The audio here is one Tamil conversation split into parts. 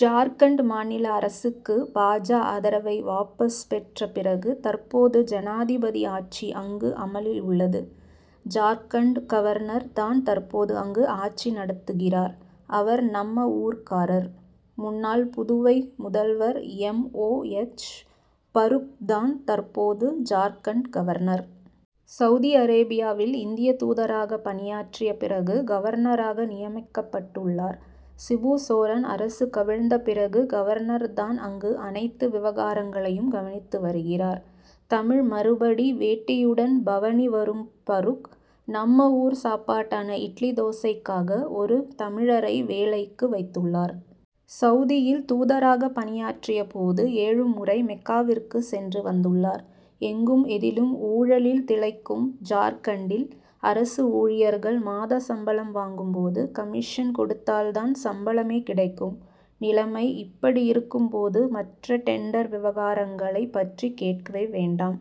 ஜார்க்கண்ட் மாநில அரசுக்கு பா. ஜ., ஆதரவை வாபஸ் பெற்ற பிறகு, தற்போது ஜனாதிபதி ஆட்சி அங்கு அமலில் உள்ளது. ஜார்க்கண்ட் கவர்னர் தான் தற்போது அங்கு ஆட்சி நடத்துகிறார். அவர் நம்ம ஊர்க்காரர். முன்னாள் புதுவை முதல்வர் எம். ஓ. எச். பரூக் தான் தற்போது ஜார்க்கண்ட் கவர்னர். சவுதி அரேபியாவில் இந்திய தூதராகப் பணியாற்றிய பிறகு கவர்னராக நியமிக்கப்பட்டுள்ளார். சிபு சோரன் அரசு கவிழ்ந்த பிறகு கவர்னர் தான் அங்கு அனைத்து விவகாரங்களையும் கவனித்து வருகிறார். தமிழ் மரபுப்படி வேட்டியுடன் பவனி வரும் பரூக், நம்ம ஊர் சாப்பாடான இட்லி தோசைக்காக ஒரு தமிழரை வேலைக்கு வைத்துள்ளார். சவுதியில் தூதராகப் பணியாற்றிய போது ஏழு முறை மெக்காவிற்கு சென்று வந்துள்ளார். எங்கும், எதிலும் ஊழலில் திளைக்கும் ஜார்க்கண்டில் அரசு ஊழியர்கள் மாத சம்பளம் வாங்கும் போது, கமிஷன் கொடுத்தால் தான் சம்பளமே கிடைக்கும். நிலைமை இப்படியிருக்கும் போது, மற்ற டெண்டர் விவகாரங்களைப் பற்றி கேட்கவே வேண்டாம்.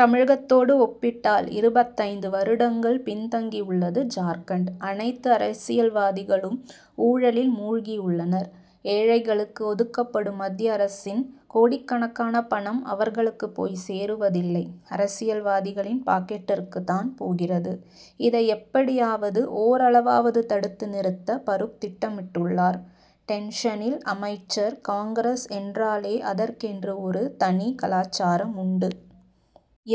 தமிழகத்தோடு ஒப்பிட்டால் இருபத்தைந்து வருடங்கள் பின் தங்கி உள்ளது ஜார்க்கண்ட். அனைத்து அரசியல்வாதிகளும் ஊழலில் முழுகியுள்ளனர். ஏழைகளுக்கு ஒதுக்கப்படும் மத்திய அரசின் கோடிக்கணக்கான பணம் அவர்களுக்கு போய் சேருவதில்லை; அரசியல்வாதிகளின் பாக்கெட்டிற்குத் தான் போகிறது. இதை எப்படியாவது ஓரளவாவது தடுத்து நிறுத்த பரூக் திட்டமிட்டுள்ளார் டென்ஷனில் அமைச்சர் காங்கிரஸ் என்றாலே அதற்கென்று ஒரு தனி கலாசாரம் உண்டு.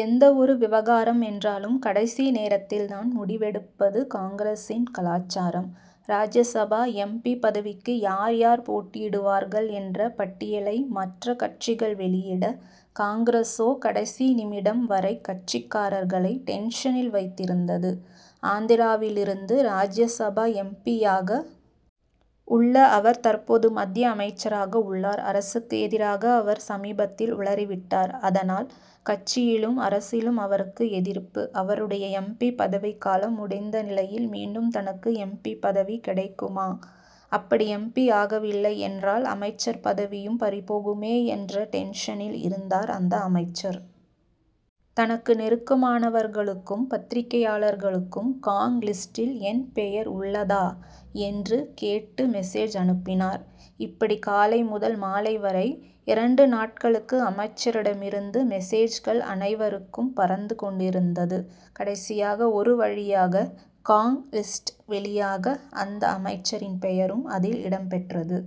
எந்த ஒரு விவகாரம் என்றாலும் கடைசி நேரத்தில் தான் முடிவெடுப்பது காங்கிரசின் கலாசாரம். ராஜ்யசபா எம். பி., பதவிக்கு யார் யார் போட்டியிடுவார்கள் என்ற பட்டியலை மற்ற கட்சிகள் வெளியிட, காங்கிரசோ கடைசி நிமிடம் வரை கட்சிக்காரர்களை டென்ஷனில் வைத்திருந்தது. ஆந்திராவிலிருந்து ராஜ்யசபா எம். பி.,யாக உள்ள அவர் தற்போது மத்திய அமைச்சராக உள்ளார். அரசுக்கு எதிராக அவர் சமீபத்தில் உளறிவிட்டார். அதனால், கட்சியிலும் அரசிலும் அவருக்கு எதிர்ப்பு. அவருடைய எம். பி., பதவிக்காலம் முடிந்த நிலையில் மீண்டும் தனக்கு எம். பி., பதவி கிடைக்குமா? அப்படி எம். பி., ஆகவில்லையென்றால் அமைச்சர் பதவியும் பறிபோகுமே என்ற டென்ஷனில் இருந்தார் அந்த அமைச்சர். தனக்கு நெருக்கமானவர்களுக்கும், பத்திரிகையாளர்களுக்கும் காங்., லிஸ்டில் என் பெயர் உள்ளதா? என்று கேட்டு மெசேஜ் அனுப்பினார். இப்படி காலை முதல் மாலை வரை, இரண்டு நாட்களுக்கு அமைச்சரிடமிருந்து மெசேஜ்கள் அனைவருக்கும் பறந்து கொண்டிருந்தது. கடைசியாக ஒரு வழியாக காங்., லிஸ்ட் வெளியாக, அந்த அமைச்சரின் பெயரும் அதில் இடம்பெற்றது.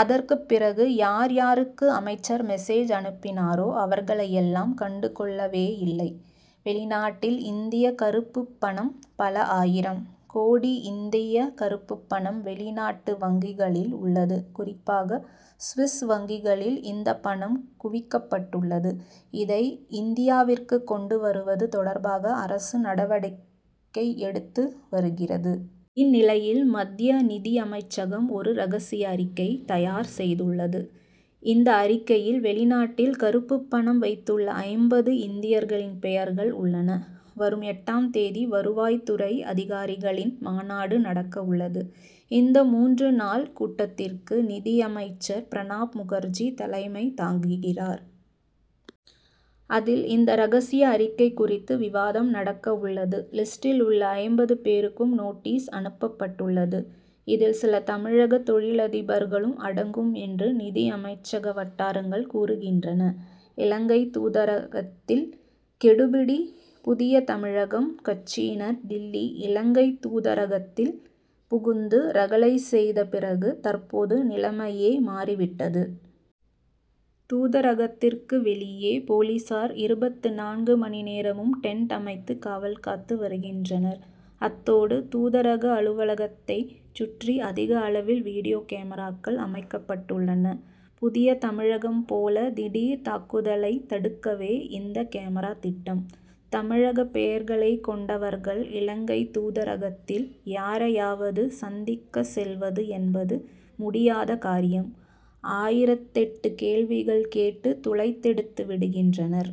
அதற்குப் பிறகு, யார் யாருக்கு அமைச்சர் மெசேஜ் அனுப்பினாரோ, அவர்களையெல்லாம் கண்டுகொள்ளவேயில்லை. வெளிநாட்டில் இந்திய கறுப்புப்பணம் பல ஆயிரம் கோடி இந்திய கறுப்புப்பணம் வெளிநாட்டு வங்கிகளில் உள்ளது. குறிப்பாக, சுவிஸ் வங்கிகளில் இந்த பணம் குவிக்கப்பட்டுள்ளது. இதை இந்தியாவிற்கு கொண்டு வருவது தொடர்பாக அரசு நடவடிக்கை எடுத்து வருகிறது. இந்நிலையில், மத்திய நிதி அமைச்சகம் ஒரு ரகசிய அறிக்கை தயார் செய்துள்ளது. அந்த அறிக்கையில் வெளிநாட்டில் கறுப்புப்பணம் வைத்துள்ள ஐம்பது இந்தியர்களின் பெயர்கள் உள்ளன. வரும் எட்டாம் தேதி வருவாய்த்துறை அதிகாரிகளின் மாநாடு நடக்க உள்ளது. இந்த மூன்று நாள் கூட்டத்திற்கு நிதியமைச்சர் பிரணாப் முகர்ஜி தலைமை தாங்குகிறார். அதில், இந்த ரகசிய அறிக்கை குறித்து விவாதம் நடக்க உள்ளது. லிஸ்டில் உள்ள ஐம்பது பேருக்கும் நோட்டீஸ் அனுப்பப்பட்டுள்ளது. இதில், சில தமிழக தொழிலதிபர்களும் அடங்கும் என்று நிதியமைச்சக வட்டாரங்கள் கூறுகின்றன. இலங்கை தூதரகத்தில் கெடுபிடி புதிய தமிழகம் கட்சியினர் டில்லி இலங்கை தூதரகத்தில் புகுந்து ரகளை செய்த பிறகு, தற்போது நிலைமையே மாறிவிட்டது. தூதரகத்திற்கு வெளியே போலீசார் இருபத்து நான்கு மணி நேரமும் டென்ட் அமைத்து காவல் காத்து வருகின்றனர். அத்தோடு தூதரக அலுவலகத்தைச் சுற்றி அதிக அளவில் வீடியோ கேமராக்கள் அமைக்கப்பட்டுள்ளன. புதிய தமிழகம் போல திடீர் தாக்குதலைத் தடுக்கவே இந்த கேமரா திட்டம். தமிழக பெயர்களைக் கொண்டவர்கள், இலங்கை தூதரகத்தில் யாரையாவது சந்திக்க செல்வது என்பது முடியாத காரியம். ஆயிரத்தெட்டு கேள்விகள் கேட்டு துளைத்தெடுத்து விடுகின்றனர்.